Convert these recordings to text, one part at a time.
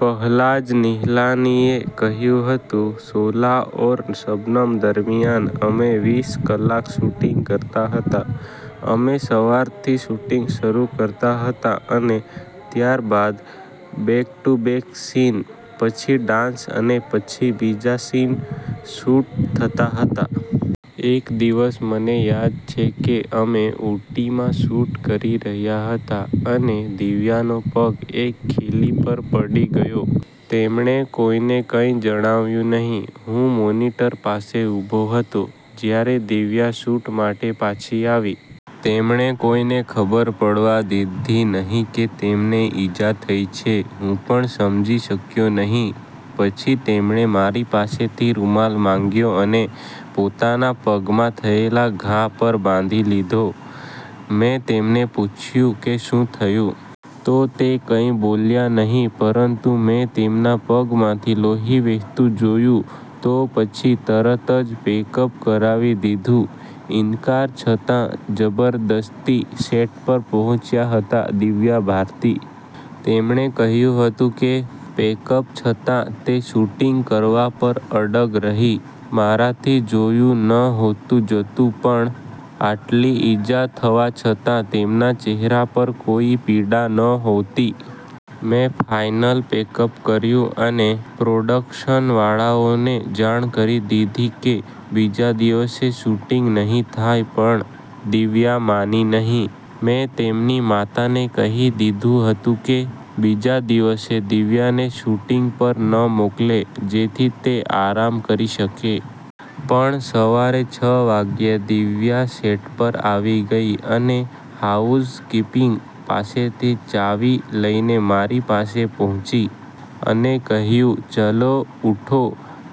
પહલાજ નિહલાનીએ કહ્યું હતું, " 'શોલા ઔર શબનમ' દરમિયાન અમે વીસ કલાક શૂટિંગ કરતા હતા. અમે સવારથી શૂટિંગ શરૂ કરતા હતા અને ત્યારબાદ બેક ટુ બેક સીન, પછી ડાન્સ અને પછી બીજા સીન શૂટ થતા હતા. એક દિવસ મને યાદ છે કે અમે ઊટીમાં શૂટ કરી રહ્યા હતા, અને દિવ્યાનો પગ એક ખીલી પર પડી ગયો. તેમણે કોઈને કંઈ જણાવ્યું નહીં. હું મોનિટર પાસે ઊભો હતો, જ્યારે દિવ્યા શૂટ માટે પાછી આવી. તેમણે કોઈને ખબર પડવા દીધી નહીં કે તેમને ઈજા થઈ છે. હું પણ સમજી શક્યો નહીં, પછી તેમણે મારી પાસેથી રૂમાલ માંગ્યો અને પોતાના પગમાં થયેલા ઘા પર બાંધી લીધો." મેં તેમને પૂછ્યું કે, શું થયું? તો તે કંઈ બોલ્યા નહીં, પરંતુ મેં તેમના પગમાંથી લોહી વહેતું જોયું તો પછી તરત જ પેકઅપ કરાવી દીધું." ઇનકાર છતાં જબરદસ્તી સેટ પર પહોંચ્યા હતા દિવ્યા ભારતી. તેમણે કહ્યું હતું કે, "પેકઅપ છતાં તે શૂટિંગ કરવા પર અડગ રહી, મારાથી જોયું નહોતું જતું પણ આટલી ઈજા થવા છતાં તેમના ચહેરા પર કોઈ પીડા નહોતી. મેં ફાઇનલ પેકઅપ કર્યું અને પ્રોડક્શનવાળાઓને જાણ કરી દીધી કે બીજા દિવસે શૂટિંગ નહીં થાય પણ દિવ્યા માની નહીં. મેં તેમની માતાને કહી દીધું હતું કે બીજા દિવસે દિવ્યાને શૂટિંગ પર ન મોકલે જેથી તે આરામ કરી શકે. પણ સવારે છ વાગ્યે, દિવ્યા સેટ પર આવી ગઈ, અને હાઉસ-કીપિંગ પાસેથી ચાવી લઈને મારી પાસે પહોંચી, અને કહ્યું, 'ચલો ઉઠો,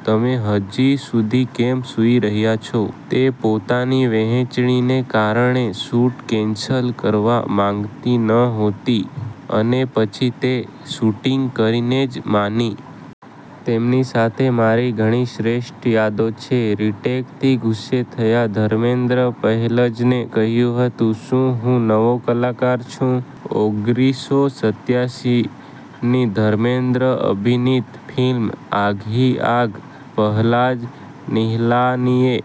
તમે હજી સુધી કેમ સૂઈ રહ્યા છો?' તે પોતાની વહેંચણીને કારણે શૂટ કેન્સલ કરવા માંગતી નહોતી અને પછી તે શૂટિંગ કરીને જ માની. તેમની સાથે મારી ઘણી શ્રેષ્ઠ યાદો છે." રીટેકથી ગુસ્સે થયા ધર્મેન્દ્ર પહેલજને કહ્યું હતું, "શું હું નવો કલાકાર છું?" ઓગરીસો સત્યાસી ની ધર્મેન્દ્ર અભિનીત ફિલ્મ 'આગ હી આગ' પહલાજ નિહલાનીએ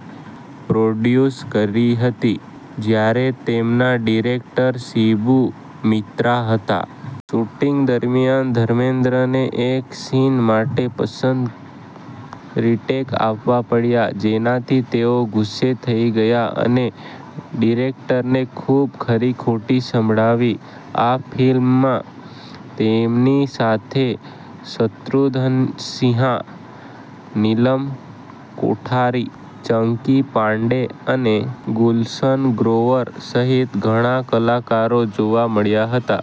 પ્રોડ્યુસ કરી હતી, જ્યારે તેમના ડિરેક્ટર શિબુ મિત્રા હતા. શૂટિંગ દરમિયાન ધર્મેન્દ્રને એક સીન માટે પંદર રીટેક આપવા પડ્યા, જેનાથી તેઓ ગુસ્સે થઈ ગયા અને ડિરેક્ટરને ખૂબ ખરી-ખોટી સંભળાવી. આ ફિલ્મમાં તેમની સાથે શત્રુઘ્ન સિંહા, નીલમ કોઠારી, ચંકી પાંડે અને ગુલશન ગ્રોવર સહિત ઘણા કલાકારો જોવા મળ્યા હતા.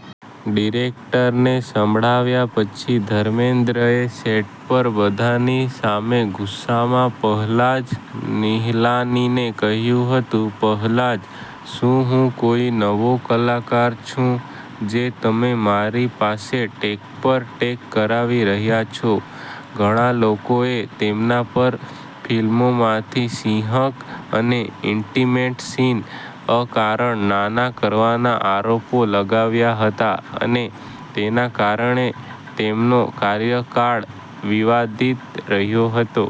ડિરેક્ટરને સંભળાવ્યા પછી ધર્મેન્દ્રએ સેટ પર બધાની સામે ગુસ્સામાં પહલાજ નિહલાનીને કહ્યું હતું- "પહલાજ, શું હું કોઈ નવો કલાકાર છું? જે તમે મારી પાસે ટેક પર ટેક કરાવી રહ્યા છો." ઘણા લોકોએ તેમના પર ફિલ્મોમાંથી હિંસક અને ઇન્ટિમેટ સીન અકારણ નાના કરવાના આરોપો લગાવ્યા હતા અને તેના કારણે તેમનો કાર્યકાળ વિવાદિત રહ્યો હતો.